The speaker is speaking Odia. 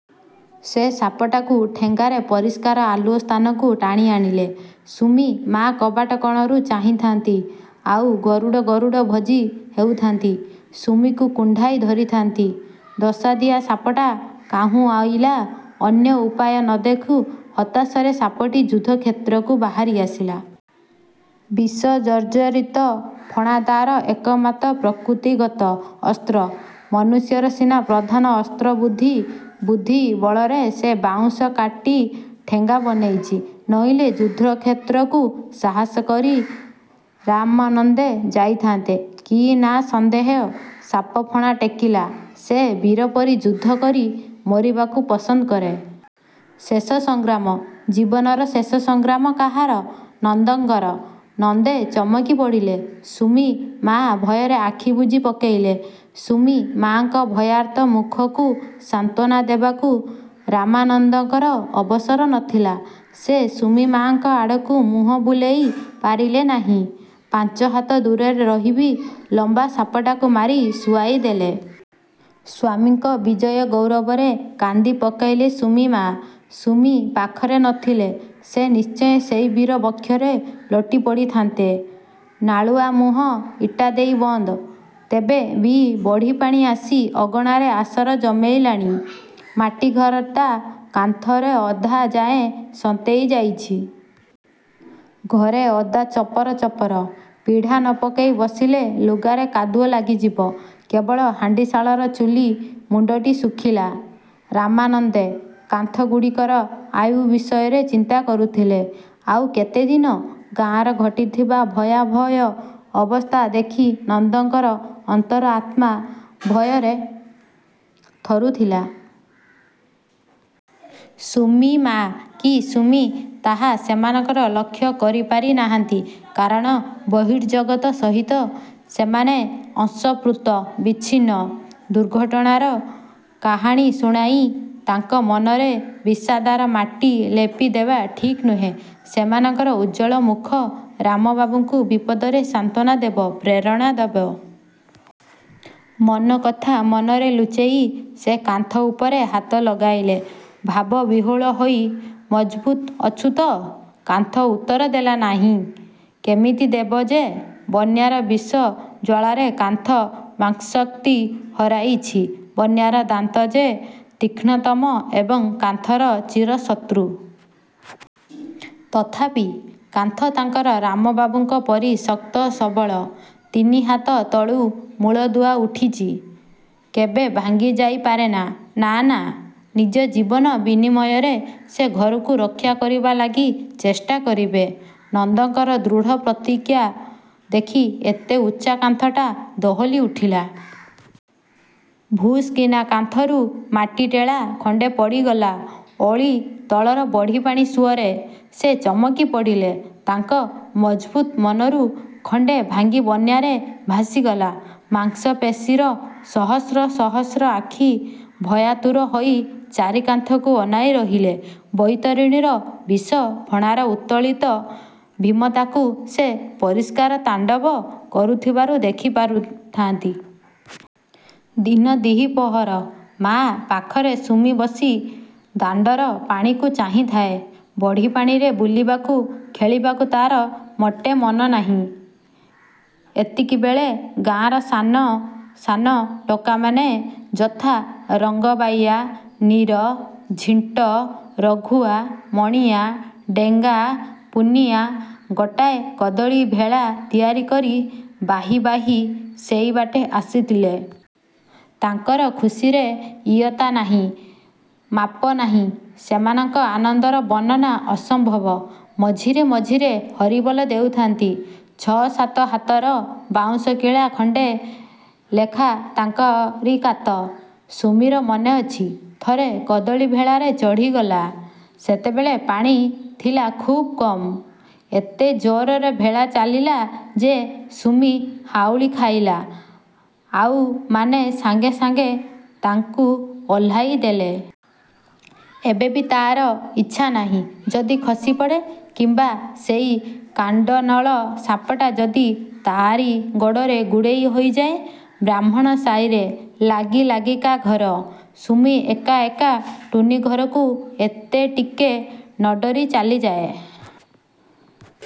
ସେ ସାପଟାକୁ ଠେଙ୍ଗାରେ ପରିଷ୍କାର ଆଲୁଅ ସ୍ଥାନକୁ ଟାଣି ଆଣିଲେ। ସୁମି ମା କବାଟ କଣରୁ ଚାହିଁଥାନ୍ତି, ଆଉ ଗରୁଡ଼ ଗରୁଡ଼ ଭଜି ହେଉଥାନ୍ତି। ସୁମିକୁ କୁଣ୍ଢାଇ ଧରିଥାନ୍ତି। ଦଶାଦିଆ ସାପଟା କାହୁଁ ଅଇଲା। ଅନ୍ୟ ଉପାୟ ନ ଦେଖି ହତାଶରେ ସାପଟି ଯୁଦ୍ଧକ୍ଷେତ୍ରକୁ ବାହାରି ଆସିଲା। ବିଷ ଜର୍ଜରିତ ଫଣା ତାର ଏକମାତ୍ର ପ୍ରକୃତିଗତ ଅସ୍ତ୍ର। ମନୁଷ୍ୟର ସିନା ପ୍ରଧାନ ଅସ୍ତ୍ର ବୁଦ୍ଧି-ବୁଦ୍ଧି ବଳରେ ସେ ବାଉଁଶ କାଟି ଠେଙ୍ଗା ବନେଇଚି। ନଇଲେ ଯୁଦ୍ଧକ୍ଷେତ୍ରକୁ ସାହସ କରି ରାମାନନ୍ଦେ ଯାଇଥାନ୍ତେ କି ନା ସନ୍ଦେହ। ସାପ ଫଣା ଟେକିଲା। ସେ ବୀର ପରି ଯୁଦ୍ଧକରି ମରିବାକୁ ପସନ୍ଦ କରେ। ଶେଷ ସଂଗ୍ରାମ, ଜୀବନର ଶେଷ ସଂଗ୍ରାମ; କାହାର? ନନ୍ଦଙ୍କର? ନନ୍ଦେ ଚମକି ପଡ଼ିଲେ। ସୁମି ମା ଭୟରେ ଆଖି ବୁଜି ପକେଇଲେ। ସୁମି ମାଙ୍କ ଭୟାର୍ତ୍ତ ମୁଖକୁ ସାନ୍ତ୍ୱନା ଦେବାକୁ ରାମାନନ୍ଦଙ୍କର ଅବସର ନଥିଲା। ସେ ସୁମିମାଙ୍କ ଆଡ଼କୁ ମୁହଁ ବୁଲେଇ ପାରିଲେ ନାଇଁ। ପାଞ୍ଚହାତ ଦୂରରେ ରହି ବି ଲମ୍ବା ସାପଟାକୁ ମାରି ଶୁଆଇ ଦେଲେ। ସ୍ୱାମୀଙ୍କ ବିଜୟ ଗୌରବରେ କାନ୍ଦି ପକେଇଲେ ସୁମି ମା। ସୁମି ପାଖରେ ନଥିଲେ ସେ ନିଶ୍ଚୟ ସେଇ ବୀର ବକ୍ଷରେ ଲୋଟି ପଡ଼ିଥାନ୍ତେ। ନାଳୁଆମୁହଁ ଇଟା ଦେଇ ବନ୍ଦ। ତେବେ ବି ବଢ଼ିପାଣି ଆସି ଅଗଣାରେ ଆସର ଜମେଇଲାଣି। ମାଟି ଘର ତ। କାନ୍ଥର ଅଧାଯାଏଁ ସନ୍ତେଇ ଯାଇଚି। ଘରେ ଓଦା ଚପର ଚପର। ପିଢ଼ା ନ ପକେଇ ବସିଲେ ଲୁଗାରେ କାଦୁଅ ଲାଗିଯିବ। କେବଳ ହାଣ୍ଡିଶାଳର ଚୁଲି ମୁଣ୍ଡଟି ଶୁଖିଲା-। ରାମାନନ୍ଦେ କାନ୍ଥଗୁଡ଼ିକର ଆୟୁ ବିଷୟରେ ଚିନ୍ତା କରୁଥିଲେ। ଆଉ କେତେଦିନ। ଗାଁରେ ଘଟିଥିବା ଭୟାବହ ଅବସ୍ଥା ଦେଖି ନନ୍ଦଙ୍କର ଅନ୍ତର ଆତ୍ମା ଭୟରେ ଥରୁଥିଲା। ସୁମି ମା କି ସୁମି ତାହା ସେମାନଙ୍କ ଲକ୍ଷ୍ୟ କରିପାରି ନାହାନ୍ତି। କାରଣ ବହିର୍ଜଗତ ସହିତ ସେମାନେ ଅସଂପୃକ୍ତ, ବିଚ୍ଛିନ୍ନ। ଦୁର୍ଘଟଣାର କାହାଣୀ ଶୁଣାଇ ତାଙ୍କ ମନରେ ବିଷାଦର ମାଟି ଲେପି ଦେବା ଠିକ୍ ନୁହେଁ। ସେମାନଙ୍କର ଉଜ୍ଜ୍ୱଳ ମୁଖ ରାମବାବୁଙ୍କୁ ବିପଦରେ ସାନ୍ତ୍ୱନା ଦେବ, ପ୍ରେରଣା ଦେବ। ମନ କଥା ମନରେ ଲୁଚେଇ ସେ କାନ୍ଥ ଉପରେ ହାତ ଲଗାଇଲେ ଭାବ ବିହ୍ୱଳ ହୋଇ। ମଜବୁତ ଅଛୁ ତ? କାନ୍ଥ ଉତ୍ତର ଦେଲା ନାଇଁ। କେମିତି ଦେବ ଯେ? ବନ୍ୟାର ବିଷ ଜ୍ୱାଳାରେ କାନ୍ଥ ବାକ୍ଶକ୍ତି ହରାଇଚି; ବନ୍ୟାର ଦାନ୍ତ ଯେ ତୀକ୍ଷ୍ଣତମ ଏବଂ କାନ୍ଥର ଚିରଶତ୍ରୁ। ତଥାପି, କାନ୍ଥ ତାଙ୍କର ରାମବାବୁଙ୍କ ପରି ଶକ୍ତ, ସବଳ। ତିନିହାତ ତଳୁ ମୂଳଦୁଆ ଉଠିଛି-କେବେ ଭାଙ୍ଗି ଯାଇ ପାରେନା। ନା ନା। ନିଜ ଜୀବନ ବିନିମୟରେ ସେ ଘରକୁ ରକ୍ଷା କରିବା ଲାଗି ଚେଷ୍ଟା କରିବେ। ନନ୍ଦଙ୍କର ଦୃଢ଼ ପ୍ରତିଜ୍ଞା ଦେଖି ଏତେ ଉଚ୍ଚା କାନ୍ଥଟା ଦୋହଲି ଉଠିଲା। ଭୁସ୍କିନା କାନ୍ଥରୁ ମାଟି ଟେଳା ଖଣ୍ଡେ ପଡ଼ିଗଲା ଓଳି ତଳର ବଢ଼ିପାଣି ସୁଅରେ। ସେ ଚମକି ପଡ଼ିଲେ। ତାଙ୍କ ମଜ୍ବୁତ ମନରୁ ଖଣ୍ଡେ ଭାଙ୍ଗି ବନ୍ୟାରେ ଭାସିଗଲା। ମାଂସପେଶୀର ସହସ୍ର ସହସ୍ର ଆଖି ଭୟାତୁର ହୋଇ ଚାରିକାନ୍ଥକୁ ଅନାଇ ରହିଲେ। ବୈତରଣୀର ବିଷ ଫଣାର ଉତ୍ତୋଳିତ ଭୀମତାକୁ ସେ ପରିଷ୍କାର ତାଣ୍ଡବ କରୁଥିବାର ଦେଖିପାରୁଥାନ୍ତି। ଦିନ ଦି-ପହର। ମା' ପାଖରେ ସୁମି ବସି ଦାଣ୍ଡର ପାଣିକୁ ଚାହିଁଥାଏ। ବଢ଼ିପାଣିରେ ବୁଲିବାକୁ ଖେଳିବାକୁ ତାର ମୋଟେ ମନନାଇଁ। ଏତିକିବେଳେ ଗାଁର ସାନ, ସାନ ଟୋକାମାନେ ଯଥା-ରଙ୍କବାଇଆ, ନୀର, ଝିଣ୍ଟ, ରଘୁଆ ମଣିଆ, ଡେଙ୍ଗା, ପୁନିଆ ଗୋଟାଏ କଦଳୀ ଭେଳା ତିଆରି କରି ବାହି ବାହି ସେଇବାଟେ ଆସିଲେ। ତାଙ୍କ ଖୁସିରେ ଇୟତ୍ତା ନାଇଁ, ମାପନାଇଁ। ସେମାନଙ୍କ ଆନନ୍ଦର ବର୍ଣ୍ଣନା ଅସମ୍ଭବ। ମଝିରେ ମଝିରେ ହରିବୋଲ ଦେଉଥାନ୍ତି। ଛ-ସାତ ହାତର ବାଉଁଶ କିଳା ଖଣ୍ଡେ ଲେଖାଁ ତାଙ୍କରି କାତ। ସୁମିର ମନେଅଛି-ଥରେ କଦଳୀ ଭେଳାରେ ଚଢ଼ିଗଲା। ସେତେବେଳେ ପାଣି ଥିଲା ଖୁବ୍ କମ୍। ଏତେ ଜୋରରେ ଭେଳା ଚାଲିଲା ଯେ, ସୁମି ହାଉଳି ଖାଇଲା, ଆଉମାନେ ସାଙ୍ଗେ ସାଙ୍ଗେ ତାକୁ ଓହ୍ଲେଇ ଦେଲେ। ଏବେ ବି ତାର ଇଚ୍ଛା ନାହିଁ। ଯଦି ଖସିପଡ଼େ? କିମ୍ବା ସେଇ କାଣ୍ଡନଳ ସାପଟା ଯଦି ତାରି ଗୋଡ଼ରେ ଗୁଡ଼େଇ ହୋଇଯାଏ? ବ୍ରାହ୍ମଣ ସାଇରେ ଲାଗି-ଲାଗିକା ଘର। ସୁମି ଏକା ଏକା ଟୁନୀ ଘରକୁ ଏତେ ଟିକେ ନଡରି ଚାଲିଯାଏ।